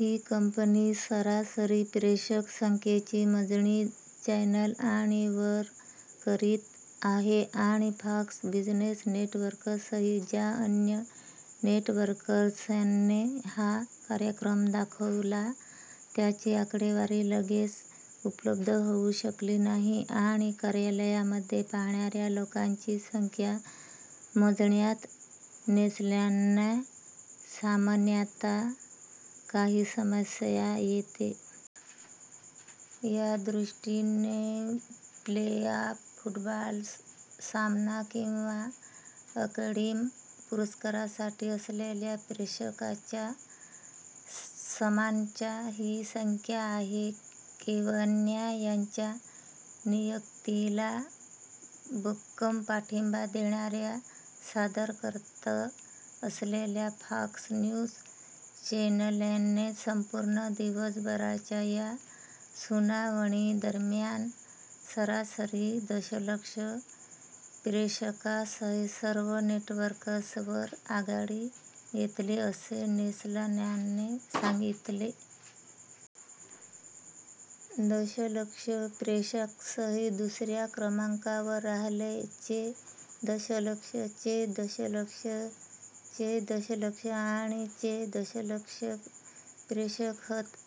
ही company सरासरी प्रेक्षक संख्येची मोजणी, चॅनल आणि वर करीत आहे., आणि फॉक्स बिझिनेस नेटवर्कसह ज्या अन्य नेटवर्क्सने हा कार्यक्रम दाखविला त्यांची आकडेवारी लगेच उपलब्ध होऊ शकली नाही. आणि कार्यालयांमध्ये पाहणाऱ्या लोकांची संख्या मोजण्यात नेल्सनला सामान्यतः काही समस्या येते. या दृष्टिने, प्लेऑफ फूटबॉल सामना किंवा अकॅडमी पुरस्कारासाठी असलेल्या प्रेक्षकांच्या समानच ही संख्या आहे. केवेनॉ यांच्या नियुक्तीला भक्कम पाठिंबा देणाऱ्या सादरकर्ते असलेल्या, फॉक्स न्यूज चॅनलने, संपूर्ण दिवसभराच्या या सुनावणीदरम्यान सरासरी दशलक्ष प्रेक्षकांसह सर्व नेटवर्क्सवर आघाडी घेतली, असे नेल्सनने सांगितले. दशलक्ष प्रेक्षकांसह दुसऱ्या क्रमांकावर राहिले. चे दशलक्ष, चे दशलक्ष, चे दशलक्ष आणि चे दशलक्ष प्रेक्षक होते,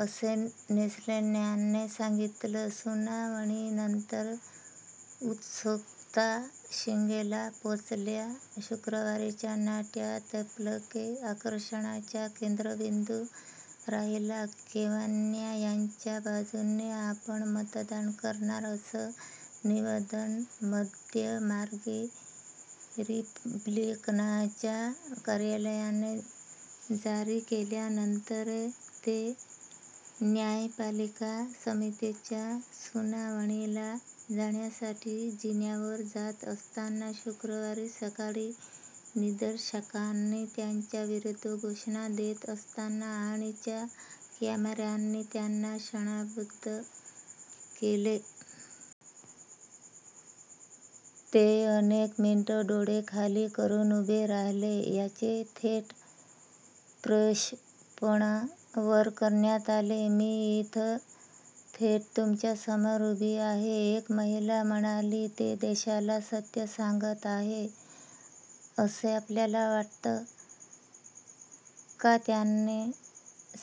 असं नेल्सनने सांगितलं. सुनावणीनंतर उत्सुकता शिगेला पोहोचली. शुक्रवारच्या नाट्यात फ्लेक आकर्षणाचा केंद्रबिंदू राहिला. केवेनॉ यांच्या बाजूने आपण मतदान करणार असे निवेदन मध्यमार्गी रिपब्लिकनच्या कार्यालयाने जारी केल्यानंतर, ते न्यायपालिका समितीच्या सुनावणीला जाण्यासाठी जिन्यावर जात असताना शुक्रवारी सकाळी निदर्शकांनी त्यांच्याविरुद्ध घोषणा देत असताना आणि च्या कॅमेऱ्यांनी त्यांना क्षणबद्ध केले. ते अनेक मिनिटे डोळे खाली करुन उभे राहिले, याचे थेट प्रक्षेपण वर करण्यात आले. "मी इथे थेट तुमच्यासमोर उभी आहे," एक महिला म्हणाली. "ते देशाला सत्य सांगत आहेत असे आपल्याला वाटते का? त्यांना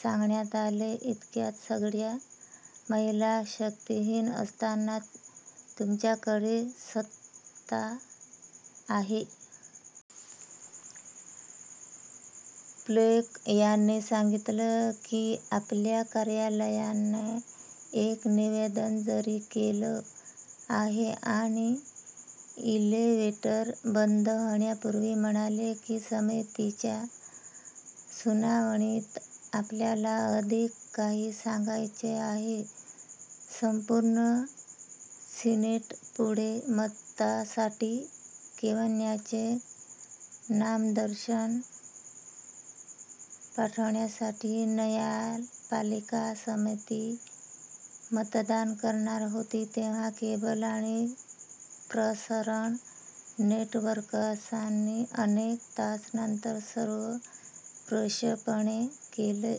सांगण्यात आले, "इतक्या सगळ्या महिला शक्तिहीन असताना तुमच्याकडे सत्ता आहे. " फ्लेक यांनी सांगितलं की आपल्या कार्यालयानं एक निवेदन जारी केलं आहे आणि इलेवेटर बंद होण्यापूर्वी म्हणाले, की समितीच्या सुनावणीत आपल्याला अधिक काही सांगायचे आहे. संपूर्ण सिनेटपुढे मतासाठी केवेनॉचे नामनिर्देशन पाठविण्यासाठी न्यायपालिका समिती मतदान करणार होती, तेव्हा केबल आणि प्रसारण नेटवर्क्सनी अनेक तास नंतर सर्व प्रक्षेपणे केले.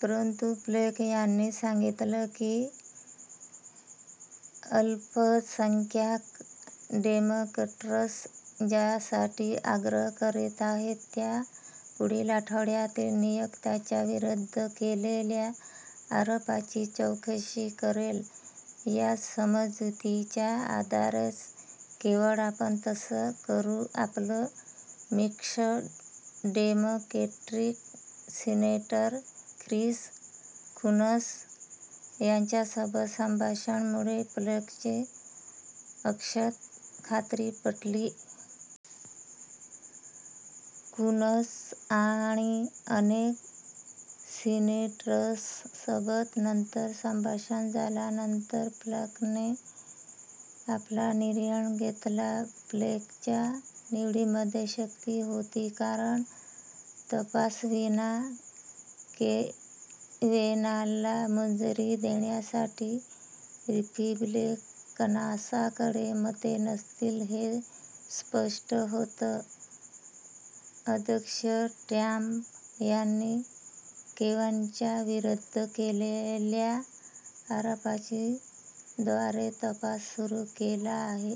परंतु फ्लेक यांनी सांगितले की अल्पसंख्याक डेमोक्रॅट्स ज्यासाठी आग्रह करीत आहेत, त्या पुढील आठवड्यातील नियुक्तच्या विरुद्ध केलेल्या आरोपांची चौकशी करेल या समजुतीच्या आधारेच केवळ आपण तसे करु. आपले मिक्ष, डेमोक्रेटिक सिनेटर ख्रिस कून्स यांच्यासोबत संभाषणांमुळे फ्लेकची अंशतः खात्री पटली. कून्स आणि अनेक सिनेटर्ससोबत नंतर संभाषण झाल्यानंतर, फ्लेकनी आपला निर्णय घेतला. फ्लेकच्या निवडीमध्ये शक्ति होती, कारण तपासाविना केवेनॉला मंजुरी देण्यासाठी रिपब्लिकन्सकडे मते नसतील हे स्पष्टच होते. अध्यक्ष ट्रम्प यांनी केवेनॉच्या विरुद्ध केलेल्या आरोपांचा द्वारे तपास सुरु केला आहे.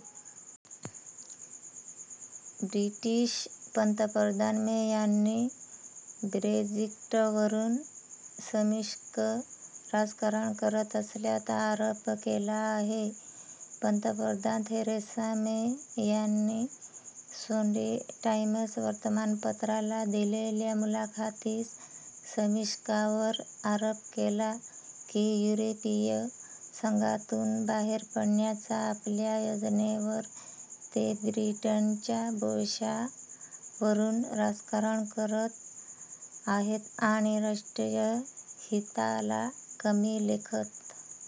ब्रिटीश पंतप्रधान मे यांनी ब्रेक्झिटवरुन समीक्षक 'राजकारण करत असल्याचा' आरोप केला आहे पंतप्रधान थेरेसा मे यांनी संडे टाईम्स वर्तमानपत्राला दिलेल्या मुलाखतीत समीक्षकांवर आरोप केला की युरोपिय संघातून बाहेर पडण्याच्या आपल्या योजनेवर ते ब्रिटनच्या भविष्यावरुन "राजकारण करत आहेत" आणि राष्ट्रीय हिताला कमी लेखत